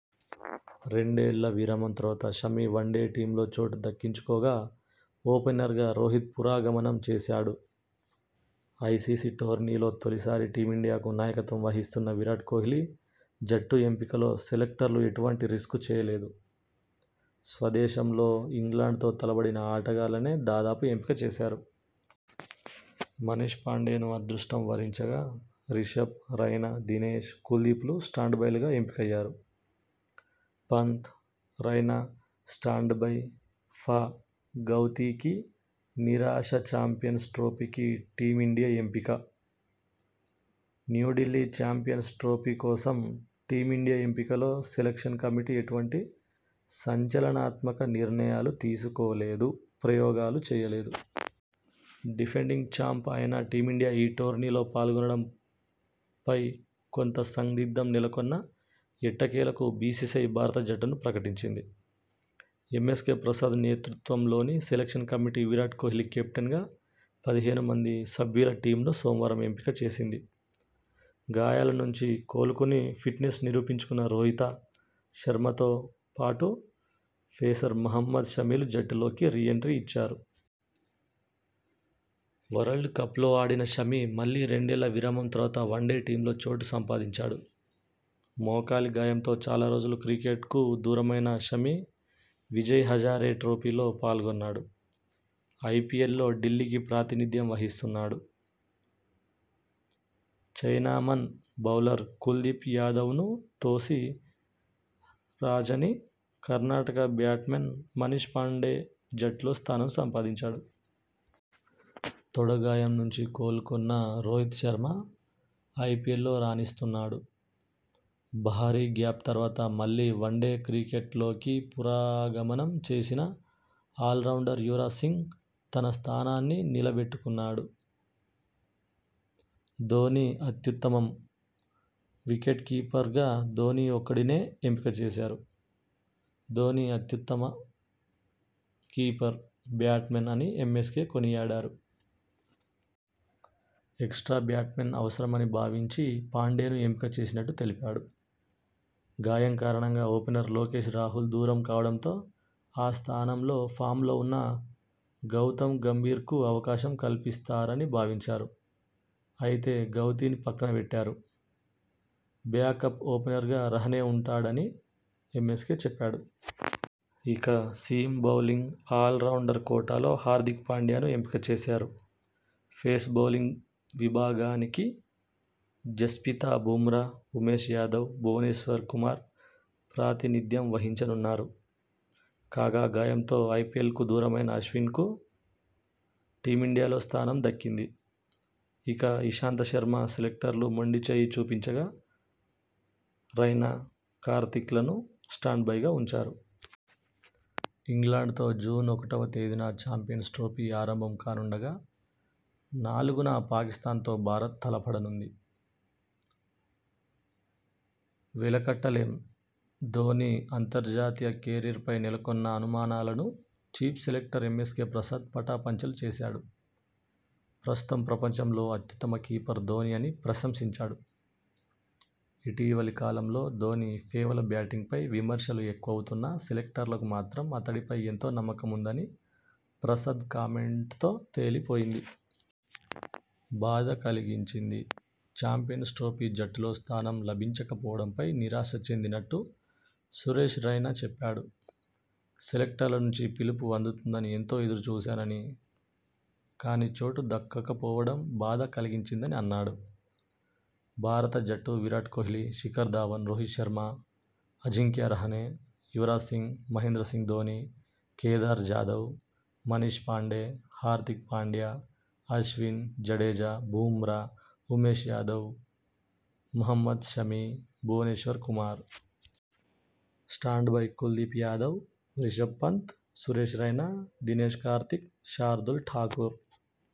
రెండేళ్ల విరామం తర్వాత షమి వన్డే టీమ్లో చోటు దక్కించుకోగా ఓపెనర్గా రోహిత్ పునరాగమం చేశాడు. ఐసీసీ టోర్నీలో తొలిసారి టీమిండియాకు నాయకత్వం వహిస్తున్న విరాట్ కోహ్లీ జట్టు ఎంపికలో సెలెక్టర్లు ఎటువంటి రిస్క్ చేయలేదు. స్వదేశంలో ఇంగ్లండ్తో తలపడిన ఆట గాళ్లనే దాదాపుగా ఎంపిక చేశారు. మనీష్ పాండేను అదృష్టం వరించగా రిషభ్, రైనా, దినేష్, కుల్దీప్ లు స్టాండ్ బైలుగా ఎంపికయ్యారు. పంత్, రైనా స్టాండ్ బై ఫ గౌతీకి నిరాశ చాంపియన్స్ ట్రోఫీకి టీమిండియా ఎంపిక న్యూఢిల్లీ చాంపియన్స్ ట్రోఫీ కోసం టీమిండియా ఎంపికలో సెలెక్షన్ కమిటీ ఎటువంటి సంచలనాత్మక నిర్ణయాలు తీసుకోలేదు ప్రయోగాలూ చేయలేదు. డిఫెండింగ్ చాంప్ అయిన టీమిండియా ఈ టోర్నీలో పాల్గొనడంపై కొంత సందిగ్ధం నెలకొన్నా ఎట్టకేలకు బీసీసీఐ భారత జట్టును ప్రకటించింది. ఎమ్మెస్కే ప్రసాద్ నేతృత్వంలోని సెలెక్షన్ కమిటీ విరాట్ కోహ్లీ కెప్టెన్గా పదిహేను మంది సభ్యు ల టీమ్ను సోమవారం ఎంపిక చేసింది. గాయాల నుంచి కోలుకుని ఫిట్నెస్ నిరూపించుకున్న రోహిత శర్మతోపాటు పేసర్ మహమ్మద్ షమిలు జట్టులోకి రీ ఎంట్రీ ఇచ్చారు. వరల్డ్ కప్లో ఆడిన షమి మళ్లీ రెండేళ్ల విరామం తర్వాత వన్డే టీమ్లో చోటు సంపాదించాడు. మోకాలి గాయంతో చాలా రోజులు క్రికెట్కు దూరమైన షమి విజయ్ హజారే ట్రోఫీలో పాల్గొన్నాడు. ఐపీఎల్లో ఢిల్లీకి ప్రాతినిధ్యం వహిస్తున్నాడు. చైనామన్ బౌలర్ కుల్దీప్ యాదవ్ను తోసి రాజని కర్ణాటక బ్యాట్స్మన్ మనీష్ పాండే జట్టులో స్థానం సంపాదించాడు. తొడ గాయం నుంచి కోలుకున్న రోహిత శర్మ ఐపీఎల్లో రాణిస్తున్నాడు. భారీ గ్యాప్ తర్వాత మళ్లీ వన్డే క్రికెట్లోకి పునరాగమనం చేసిన ఆల్రౌండర్ యువరాజ్ సింగ్ తన స్థానాన్ని నిలబెట్టుకున్నాడు. ధోనీ అత్యుత్తమం వికెట్ కీపర్గా ధోనీ ఒక్కడినే ఎంపిక చేశారు. ధోనీ అత్యుత్తమ కీపర్, బ్యాట్స్మన్ అని ఎమ్మెస్కే కొనియాడాడు. ఎక్స్ట్రా బ్యాట్స్మన్ అవసరమని భావించి పాండేను ఎంపిక చేసినట్టు తెలిపాడు. గాయం కారణంగా ఓపెనర్ లోకేష్ రాహుల్ దూరం కావడంతో ఆ స్థానంలో ఫామ్లో ఉన్న గౌతమ్ గంభీర్కు అవకాశం కల్పిస్తారని భావించారు. అయితే గౌతీని పక్కన బెట్టారు. బ్యాకప్ ఓపెనర్గా రహానె ఉంటాడని ఎమ్మెస్కే చెప్పాడు. ఇక సీమ్ బౌలింగ్ ఆల్రౌండర్ కోటాలో హార్దిక్ పాండ్యాను ఎంపిక చేశారు పేస్ బౌలింగ్ విభాగానికి జస్ప్రీత బుమ్రా, ఉమేష్ యాదవ్, భువనేశ్వర్ కుమార్ ప్రాతినిధ్యం వహించనున్నారు. కాగా, గాయంతో ఐపీఎల్కు దూరమైన అశ్విన్కు టీమిండియాలో స్థానం దక్కింది. ఇక ఇషాంత శర్మకు సెలెక్టర్లు మొండి చేయి చూపించగా రైనా, కార్తీక్లను స్టాండ్ బైగా ఉంచారు. ఇంగ్లండ్లో జూన్ ఒకటివ తేదీన చాంపియన్స్ ట్రోఫీ ఆరంభం కానుండగా నాలుగున పాకిస్థాన్తో భారత తలపడనుంది. వెలకట్టలేం ధోనీ అంతర్జాతీయ కెరీర్పై నెలకొన్న అనుమానాలను చీఫ్ సెలెక్టర్ ఎమ్మెస్కే ప్రసాద్ పటాపంచలు చేశాడు. ప్రస్తుతం ప్రపంచంలో అత్యుత్తమ కీపర్ ధోనీ అని ప్రశంసించాడు. ఇటీవలి కాలంలో ధోనీ పేలవ బ్యాటింగ్పై విమర్శలు ఎక్కువవుతున్నా సెలెక్టర్లకు మాత్రం అతడిపై ఎంతో నమ్మకం ఉందని ప్రసాద్ కామెంట్తో తేలిపోయింది. బాధ కలిగించింది చాంపియన్స్ ట్రోఫీ జట్టులో స్థానం లభించకపోవడంపై నిరాశ చెందినట్టు సురేష్ రైనా చెప్పాడు. సెలెక్టర్ల నుంచి పిలుపు అందుతుందని ఎంతో ఎదురు చూశానని కానీ చోటు దక్కపోవడం బాధ కలిగించిందని అన్నాడు. భారత జట్టు విరాట్ కోహ్లీ, శిఖర్ ధవన్, రోహిత్ శర్మ, అజింక్యా రహానె, యువరాజ్ సింగ్, మహేంద్ర సింగ్ ధోనీ, కేదార్ జాదవ్, మనీష్ పాండే, హార్దిక్ పాండ్యా, అశ్విన్, జడేజా, బుమ్రా, ఉమేష్ యాదవ్, మహమ్మద్ షమి, భువనేశ్వర్ కుమార్. Standby Kuldeep Yadav, Rishabh Pant, Suresh Raina, Dinesh Karthik, Shardul Thakur.